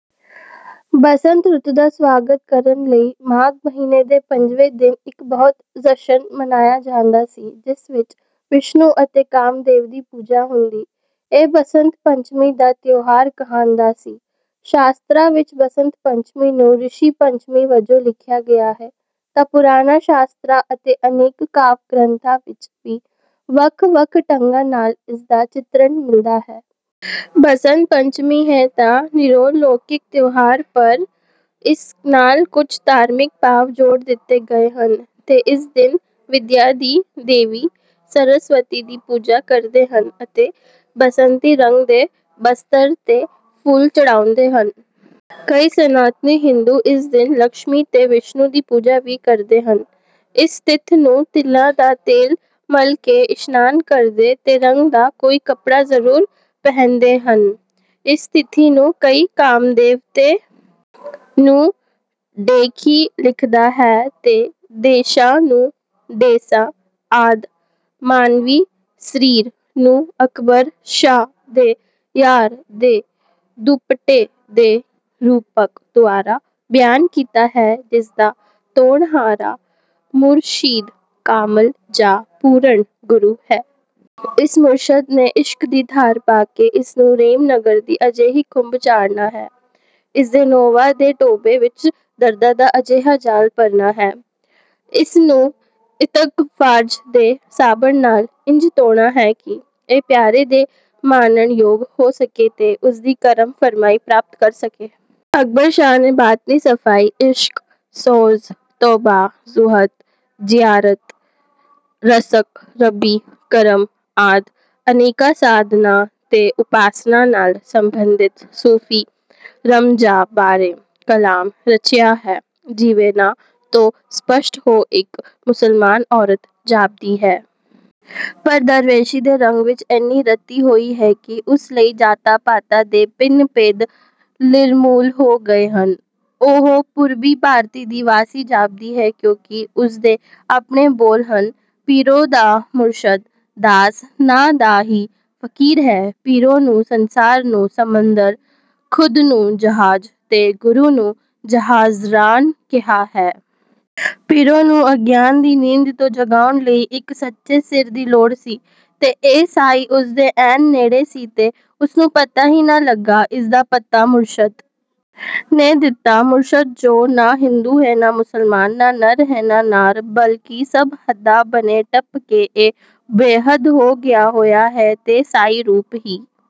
ਬਸੰਤ ਰੁੱਤ ਦਾ ਸਵਾਗਤ ਕਰਨ ਲਈ ਮਾਘ ਮਹੀਨੇ ਦੇ ਪੰਜਵੇਂ ਦਿਨ ਇੱਕ ਬਹੁਤ ਜਸ਼ਨ ਮਨਾਇਆ ਜਾਂਦਾ ਸੀ ਜਿਸ ਵਿੱਚ ਵਿਸ਼ਨੂੰ ਅਤੇ ਕਾਮਦੇਵ ਦੀ ਪੂਜਾ ਹੁੰਦੀ, ਇਹ ਬਸੰਤ ਪੰਚਮੀ ਦਾ ਤਿਉਹਾਰ ਕਹਾਂਦਾ ਸੀ। ਸ਼ਾਸਤਰਾਂ ਵਿੱਚ ਬਸੰਤ ਪੰਚਮੀ ਨੂੰ ਰਿਸ਼ੀ ਪੰਚਮੀ ਵਜੋਂ ਲਿਖਿਆ ਗਿਆ ਹੈ, ਤਾਂ ਪੁਰਾਣਾਂ ਸ਼ਾਸਤਰਾਂ ਅਤੇ ਅਨੇਕ ਕਾਵਿ-ਗਰੰਥਾਂ ਵਿੱਚ ਵੀ ਵੱਖ ਵੱਖ ਢੰਗਾਂ ਨਾਲ ਇਸਦਾ ਚਿਤਰਣ ਮਿਲਦਾ ਹੈ। ਬਸੰਤ ਪੰਚਮੀ ਹੈ ਤਾਂ ਨਿਰੋਲ ਲੌਕਿਕ ਤਿਉਹਾਰ ਪਰ ਇਸ ਨਾਲ ਕੁੱਝ ਧਾਰਮਿਕ ਭਾਵ ਜੋੜ ਦਿੱਤੇ ਗਏ ਹਨ ਤੇ ਇਸ ਦਿਨ ਵਿੱਦਿਆ ਦੀ ਦੇਵੀ ਸਰਸਵਤੀ ਦੀ ਪੂਜਾ ਕਰਦੇ ਹਨ ਅਤੇ ਬਸੰਤੀ ਰੰਗ ਦੇ ਬਸਤਰ ਤੇ ਫੁੱਲ ਚੜ੍ਹਾਉਂਦੇ ਹਨ। ਕਈ ਸਨਾਤਨੀ ਹਿੰਦੂ ਇਸ ਦਿਨ ਲਕਸ਼ਮੀ ਤੇ ਵਿਸ਼ਨੂੰ ਦੀ ਪੂਜਾ ਵੀ ਕਰਦੇ ਹਨ। ਇਸ ਤਿੱਥ ਨੂੰ ਤਿਲਾਂ ਦਾ ਤੇਲ ਮਲ ਕੇ ਇਸ਼ਨਾਨ ਕਰਦੇ ਤੇ ਰੰਗ ਦਾ ਕੋਈ ਕੱਪੜਾ ਜ਼ਰੂਰ ਪਹਿਨਦੇ ਹਨ। ਇਸ ਤਿਥੀ ਨੂੰ ਕਈ ਕਾਮਦੇਵ ਤੇ। ਨੂੰ 'ਡੇਖੀ ਲਿਖਦਾ ਹੈ ਤੇ 'ਦੇਸ਼ਾਂ ਨੂੰ 'ਡੇਸਾਂ ਆਦਿ ਮਾਨਵੀ ਸ੍ਰੀਰ ਨੂੰ ਅਕਬਰ ਸ਼ਾਹ ਦੇ ਯਾਰ ਦੇ ਦੁੱਪਟੇ ਦੇ ਰੂਪਕ ਦੁਆਰਾ ਬਿਆਨ ਕੀਤਾ ਹੈ ਜਿਸ ਦਾ ਧੋਣਹਾਰਾ ਮੁਰਸ਼ਿਦ ਕਾਮਿਲ ਜਾਂ ਪੂਰਣ ਗੁਰੂ ਹੈ। ਇਸ ਮੁਰਸ਼ਦ ਨੇ ਇਸ਼ਕ ਦੀ ਥਾਰ ਪਾ ਕੇ ਇਸ ਨੂੰ ਰੇਮ-ਨਗਰ ਦੀ ਅਜਿਹੀ ਖੁੰਬ ਚਾੜ੍ਹਨਾ ਹੈੇ। ਇਸ ਦੇ ਨੋਵਾਂ ਦੇ ਟੌਭੇ ਵਿਚ ਦਰਦਾਂ ਦਾ ਅਜਿਹਾ ਜਾਲ ਭਰਨਾ ਹੈ। ਇਸ ਨੂੰ ਇਤਗਫਾਰਜ ਦੇ ਸਾਬਣ ਨਾਲ ਇੰਜ਼ ਧੋਣਾ ਹੈ ਕਿ ਇ ਪਿਆਰੇ ਦੇ ਮਾਣਨ ਯੋਗ ਹੋ ਸਕੇ ਤੇ ਉਸ ਦੀ ਕਰਮ ਫਰਮਾਈ ਪ੍ਰਾਪਤ ਕਰ ਸਕੇ। ਅਕਬਰ ਸ਼ਾਹ ਨੇ ਬਾਤਨੀ ਸਫਾਈ, ਇਸ਼ਕ, ਸੋਜ਼, ਤੋਬਾ, ਜ਼ੁੂਹਦ, ਜਿਆਰਤ, ਰਸਕ, ਰੱਬੀ, ਕਰਮ ਆਦਿ ਅਨੇਕਾ ਸਾਧਾਨਾ ਤੇ ਉਪਾਸਨਾ ਨਾਲ ਸੰਬੰਧਿਤ ਸੂਫ਼ੀ ਰਮਜਾਂ ਬਾਰੇ ਕਲਾਮ ਰਚਿਆ ਹੈ। ਜਿਵੇਂ ਨਾਂ ਤੋਂ ਸਪੱਸ਼ਟ ਹੋ ਇਕ ਮੁਸਲਮਾਨ ਔਰਤ ਜਾਪਦੀ ਹੈ। ਪਰ ਦਰਵੇਸ਼ੀ ਦੇ ਰੰਗ ਵਿਚ ਏਨੀ ਰੱਤੀ ਹੋਈ ਹੈ ਕਿ ਉਸ ਲਈ ਜਾਤਾਂ ਪਾਤਾਂ ਦੇ ਭਿੰਨ ਭੇਦ ਲਿਰਮੂਲ ਹੋ ਗਏ ਹਨ। ਉਹ ਪੂਰਬੀ ਭਾਰਤੀ ਦੀ ਵਾਸੀ ਜਾਪਦੀ ਹੈ ਕਿਉਂਕਿ ਉਸ ਦੇ ਆਪਣੇ ਬੋਲ ਹਨ: ਪੀਰੋ ਦਾ ਮੁਰਸ਼ਦ ਦਾਸ ਨਾਂ ਦਾ ਹੀ ਫਕੀਰ ਹੈ ਪੀਰੋ ਨੇ ਸੰਸਾਰ ਨੂੰ ਸਮੁੰਦਰ, ਖੁਦ ਨੂੰ ਜਹਾਜ ਤੇ ਗੁਰੂ ਨੂੰ ਜਹਾਜ਼ਰਾਨ ਕਿਹਾ ਹੈ। ਪੀਰੋ ਨੂੰ ਅਗਿਆਨ ਦੀ ਨੀਂਦ ਤੋਂ ਜਗਾਉਣ ਲਈ ਇੱਕ ਸੱਚੇ ਸਿਰ ਦੀ ਲੋੜ ਸੀ। ਤੇ ਇਹ ਸਾਂਈ ਉਸ ਦੇ ਐਨ ਨੇੜੇ ਸੀ ਤੇ ਉਸ ਨੂੰ ਪਤਾ ਹੀ ਨਾ ਲੱਗਾ। ਇਸ ਦਾ ਪਤਾ ਮੁਰਸ਼ਦ ਨੇ ਦਿੱਤਾ, ਮੁਰਸ਼ਦ ਜੋ ਨਾ ਹਿੰਦੂ ਹੈ ਨਾ ਮੁਸਲਮਾਨ, ਨਾ ਨਰ ਹੈ, ਨਾ ਨਾਰ, ਬਲਕਿ ਸਭ ਹੱਦਾਂ ਬੰਨੇ ਟੱਪ ਕੇ ਇਹ ਬੇਹੱਦ ਹੋ ਗਿਆ ਹੋਇਆ ਹੈ ਤੇ ਸਾਈ ਰੂਪ ਹੀ